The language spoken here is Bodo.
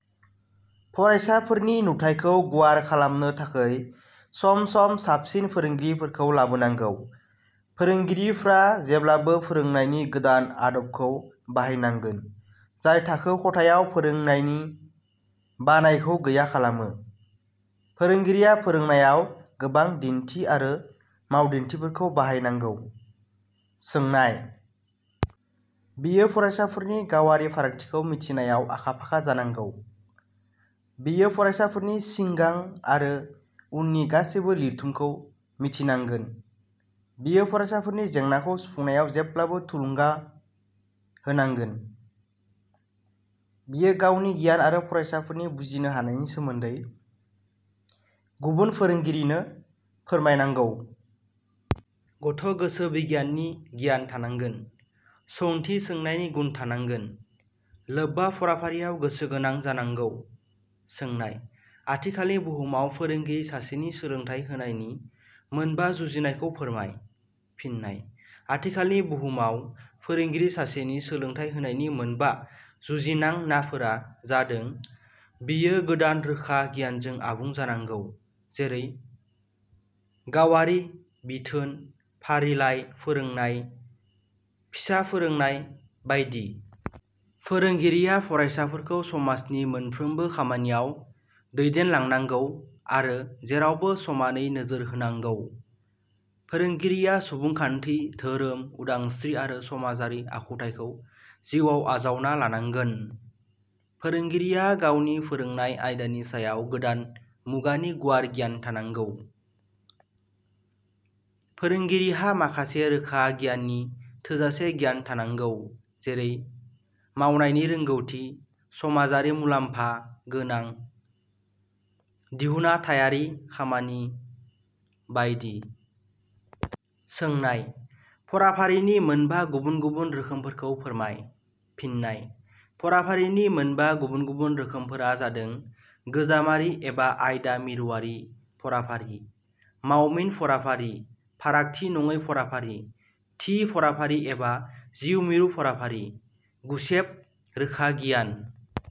फरायसाफोरनि नुथायखौ गुवार खालामनो थाखै सम सम साबसिन फोरोंगिरिफोरखौ लाबोनांगौ। फोरोंगिरिफ्रा जेब्लाबो फोरोंनायनि गोदान आदबखौ बाहायनांगोन जाय थाखो ख'थायाव फोरोंनायनि बानायखौ गैया खालामो। फोरोंगिरिया फोरोंनायाव गोबां दिन्थि आरो मावदिन्थिफोरखौ बाहाय नांगौ। सोंनाय –. बियो फरायसाफोरनि गावारि फारागथिखौ मिथिनायाव आखा-फाखा जानांगौ। बियो फरायसाफोरनि सिंगां आरो उननि गासैबो लिरथुम खौ मिथिनांगोन। बियो फरायसाफोरनि जेंनाखौ सुफुंनायाव जेब्लाबो थुलुंगा होनांगोन। बियो गावनि गियान आरो फरायसाफोरनि बुजिनो हानायनि सोमोन्दै गुबुन फोरोंगिरिनो फोरमाय नांगौ। गथ' गोसोबिगियाननि गियान थानांगोन। सौंथि सोंनायनि गुन थानांगोन। लोब्बा फराफारियाव गोसो गोनां जानांगौ। सोनाय-. आथिखालनि बुहुमाव फोरोंगिरि सासेनि सोलोंथाइ होनायनि मोनबा जुजिनायखौ फोरमाय। फिन्नाय: आथिखालनि बुहुमाव फोरोंगिरि सासेनि सोलोंथाइ होनायनि मोनबा जुजिनांनाफोरा जादों – बियो गोदान रोखा गियानजों आबुं जानांगौ जेरै- गावारि बिथोन, फारिलाइ फोरोंनाय, फिसा फोरोंनाय बायदि। फोरोंगिरिया फरायसाफोरखौ समाजनि मोनफ्रोमबो खामानियाव दैदेनलांनांगौ आरो जेरावबो समानै नोजोर होनांगौ। फोरोंगिरिया सुबुंखान्थि, धोरोम उदांस्त्रि आरो समाजारि आखुथाइखौ जिउआव आजावना लानांगोन। फोरोंगिरिया गावनि फोरोंनाय आयदानि सायाव गोदान मुगानि गुवार गियान थानांगौ। फोरोंगिरिहा माखासे रोखा गियाननि थोजासे गियान थानांगौ जेरै- मावनायनि रोंगौथि, समाजआरि मुलाम्फा गोनां दिहुनाथाइयारि खामानि बायदि। सोंनाय –. फाराफारिनि मोनबा गुबुन गुबुन रोखोमफोरखौ फोरमाय। फिन्नाय: फराफारिनि मोनबा गुबुन गुबुन रोखोमफोरा जादों- गोजामारि एबा आयदा मिरुवारि फराफारि। मावमिन फराफारि। फारागथि नङै फराफारि। थि फराफारि एबा जिउ मिरु फराफारि। गुसेब रोखागियान।